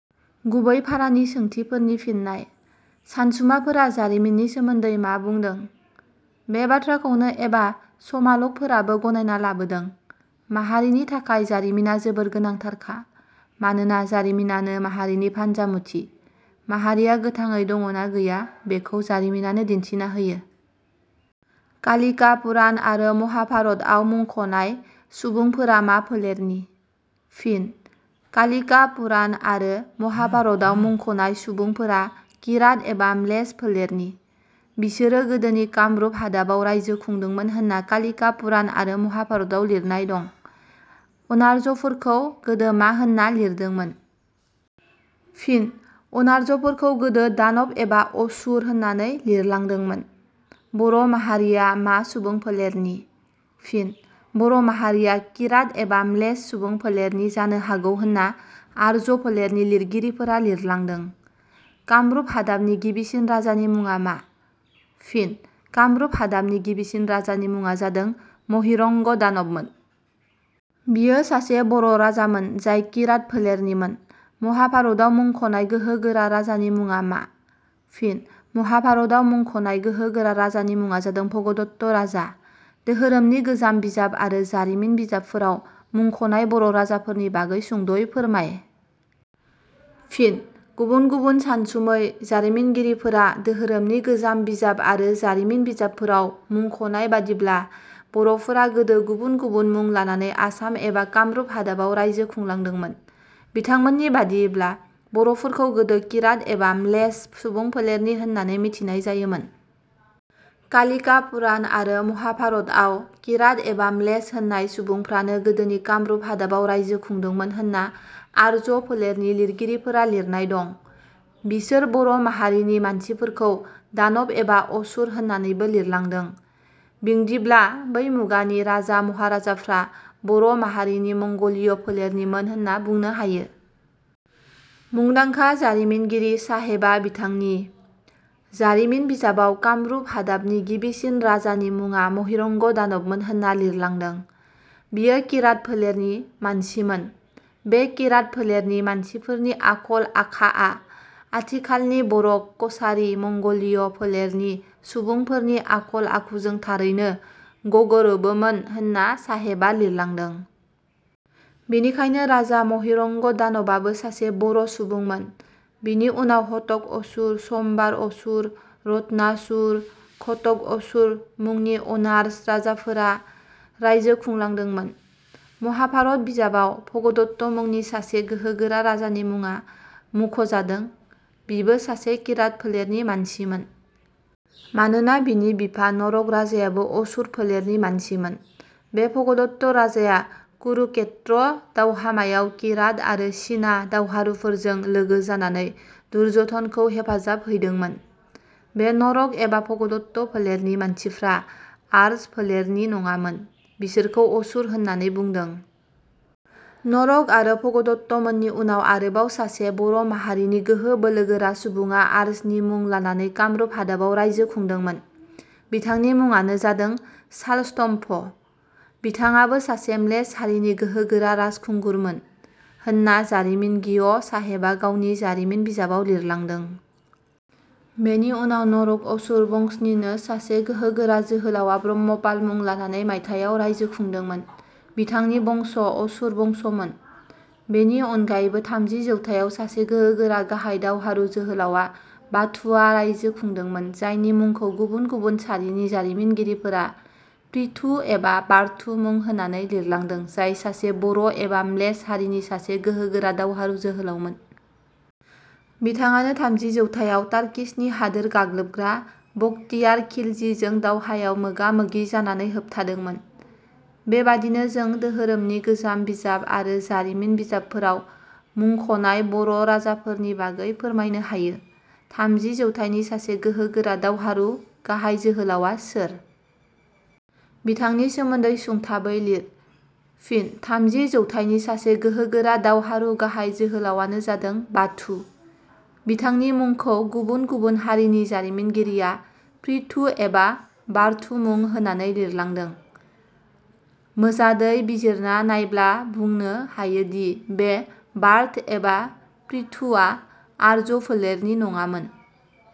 गुबै फारानि सोंथिफोरनि फिननाय:. सानसुमाफोरा जारिमिननि सोमोन्दै मा बुंदों? बे बाथ्राखौनो एबा समाल'क फोराबो गनायना लाबोदों। माहारिनि थाखाय जारिमिना जोबोर गोनांथारखा। मानोना जारिमिनानो माहारिनि फान्जामुथि। माहारिया गोथाङै दङ'ना गैया बेखौ जारिमिनानो दिन्थिना होयो।. 'कालिका पुराण' आरो 'महाभारत'आव मुंख'नाय सुबुंफोरा मा फोलेरनि? फिन: 'कालिका पुराण' आरो 'महाभारत'आव मुंख'नाय सुबुंफोरा 'किरात' एबा 'म्लेच्छ' फोलेरनि। बिसोरो गोदोनि कामरुप हादाबाव राइजो खुंदोंमोन होनना 'कालिका पुराण' आरो 'महाभारत'आव लिरनाय दं।. अनार्जफोरखौ गोदो मा होन्ना लिरलांदोंमोन? फिन: अनार्जफोरखौ गोदो 'दानब' एबा 'असुर' होननानै लिरलांदोंमोन।. बर' माहारिया मा सुबुंफोलेरनि? फिन: बर' माहारिया 'किरात' एबा 'म्लेच्छ' सुबुंफोलेरनि जानो हागौ होनना आर्ज्य फोलेरनि लिरगिरिफोरा लिरलांदों।. कामरुप हादाबनि गिबिसिन राजानि मुङा मा? फिन: कामरुप हादाबनि गिबिसिन राजानि मुङा जादों महीरंग' दानबमोन। बियो सासे बर' राजामोन जाय 'किरात' फोलेरनिमोन।. 'महाभारत'आव मुंखनाय गोहो गोरा राजानि मुङा मा? फिन: 'महाभारत'आव मुंखनाय गोहो गोरा राजानि मुङा जादों 'भगदत्त' राजा।. दोहोरोमनि गोजाम बिजाब आरो जारिमिन बिजाबफोराव मुंख'नाय बर' राजाफोरनि बागै सुंद'यै फोरमाय। फिन: गुबुन गुबुन सानसुमै, जारिमिनगिरफोरा दोहोरोमनि गोजाम बिजाब आरो जारिमिन बिजाबफोराव मुंखनाय बादिब्ला, बर'फोरा गोदो गुबुन गुबुन मुं लानानै आसाम एबा कामरूप हादाबाव राइजो खुंदोंलांदोंमोन। बिथांमोननि बादियैब्ला बर'फोरखौ गोदो 'किरात' एबा 'म्लेच्छ' सुबुंफोलेरनि होननानै मिथिनाय जायोमोन। 'कालिका पुराण' आरो 'महाभारत'आव 'किरात' एबा 'म्लेच्छ' होननाय सुबुंफ्रानो गोदोनि कामरुप हादाबाव रायजो खुंदोंमोन होनना आर्ज्य फोलेरनि लिरगिरिफोरा लिरनाय दं। बिसोर बर' माहारिनि मानसिफोरखौ 'दानब' एबा 'असुर' होननानैबो लिरलांदों। बिंदिब्ला बै मुगानि राजा महाराजाफ्रा बर' माहारिनि मंगलिय' फोलेरनिमोन होनना बुंनो हायो। मुंदांखा जारिमिनगिरि साहेबा बिथांनि "" जारिमिन बिजाबाव कामरूप हादाबनि गिबिसिन राजानि मुङा महिरंग दानबमोन होनना लिरलांदों। बियो 'किरात' फोलेरनि मानसिमोन। बे 'किरात' फोलेरनि मानसिफोरनि आखल- आखाआ आथिखालनि बर' कछारी मंगलिय' फोलेरनि सुबुंफोरनि आखल आखुजों थारैनो गगोरोबोमोन होनना साहेबा लिरलांदों। बिनिखायनो राजा महिरंग' दानब आबो सासे बर' सुबुंमोन। बिनि उनाव हटक असुर, सम्बार असुर, रत्नासुर, घटक असुर मुंनि अनार्ज राजाफोरा रायजो खुलांदोंमोन। 'महाभारत' बिजाबाव 'भगदत्त' मुंनि सासे गोहोगोरा राजानि मुङा मुंख'जादों। बिबो सासे किरात फोलेरनि मानसिमोन। मानोना बिनि बिफा 'नरक' राजायाबो 'असुर' फोलेरनि मानसिमोन। बे भगदत्त राजाया कुरुक्षेत्र दावहामायाव 'किरात' आरो 'चीना' दावहारुफोरजों लोगो जानानै दुर्जधनखौ हेफाजाब हैदोंमोन। बे 'नरक' एबा 'भगदत्त' फोलेरनि मानसिफ्रा आर्ज फोलेरनि नङामोन। बिसोरखौ असुर होननानै बुंदों। नरक आरो भगदत्त मोननि उनाव आरोबाव सासे बर' माहारिनि गोहो बोलोगोरा सुबुङा आर्जनि मुं लानानै कामरुप हादाबाव राइजो खुंदोंमोन। बिथांनि मुङानो जादों 'शालस्तम्भ'। बिथांङाबो सासे म्लेच्छ हारिनि गोहोगोरा राजखुंगुरमोन होनना जारिमिनगिय साहेबा गावनि जारिमिन बिजाबाव लिरलांदों। बेनि उनाव नरक असुर बंसनिनो सासे गोहोगोरा जोहोलावा 'ब्रह्मपाल' मुं लानानै.. मायथायाव रायजो खुदोंमोन। बिथांनि बंश' 'असुर बंस'मोन। बेनि अनगायैबो थामजि जौथायाव सासे गोहोगोरा गाहाइ दावहारु जोहोलावा 'बाथु'आ राइजो खुंदोंमोन जायनि मुंखौ गुबुन गुबुन सारिनि जारिमिनगिरिफोरा 'पृथु' एबा 'बार्थु' मुं होनानै लिरलांदों जाय सासे बर' एबा म्लेच्छ हारिनि सासे गोहोगोरा दावहारु जोहोलावमोन। बिथाङानो थामजि जौथायाव तार्किसनि हादोर गाग्लोबग्रा बकटियार खिलजिजों दावहायाव मोगा-मोगि जानानै होबथादोंमोन। बेबादिनो जों दोहोरोमनि गोजाम बिजाब आरो जारिमिन बिजाबफोराव मुंख'नाय बर' राजाफोरनि बागै फोरमायनो हायो।. थामजि जौथाइनि सासे गोहो गोरा दावहारु गाहाइ जोहोलावा सोर? बिथांनि सोमोन्दै सुंथाबै लिर। फिन: थामजि जौथाइनि सासे गोहोगोरा दावहारु गाहाइ जोहोलावानो जादों- 'बाथु'। बिथांनि मुंखौ गुबुन गुबुन हारिनि जारिमिनगिरिया 'पृथु' एबा 'बार्थु' मुं होनानै लिरलांदों। मोजाडै बिजिरना नायब्ला बुंनो हायो दि बे 'बार्थ' एबा 'पृथु' आ आर्ज्य फोलेरनि नङामोन।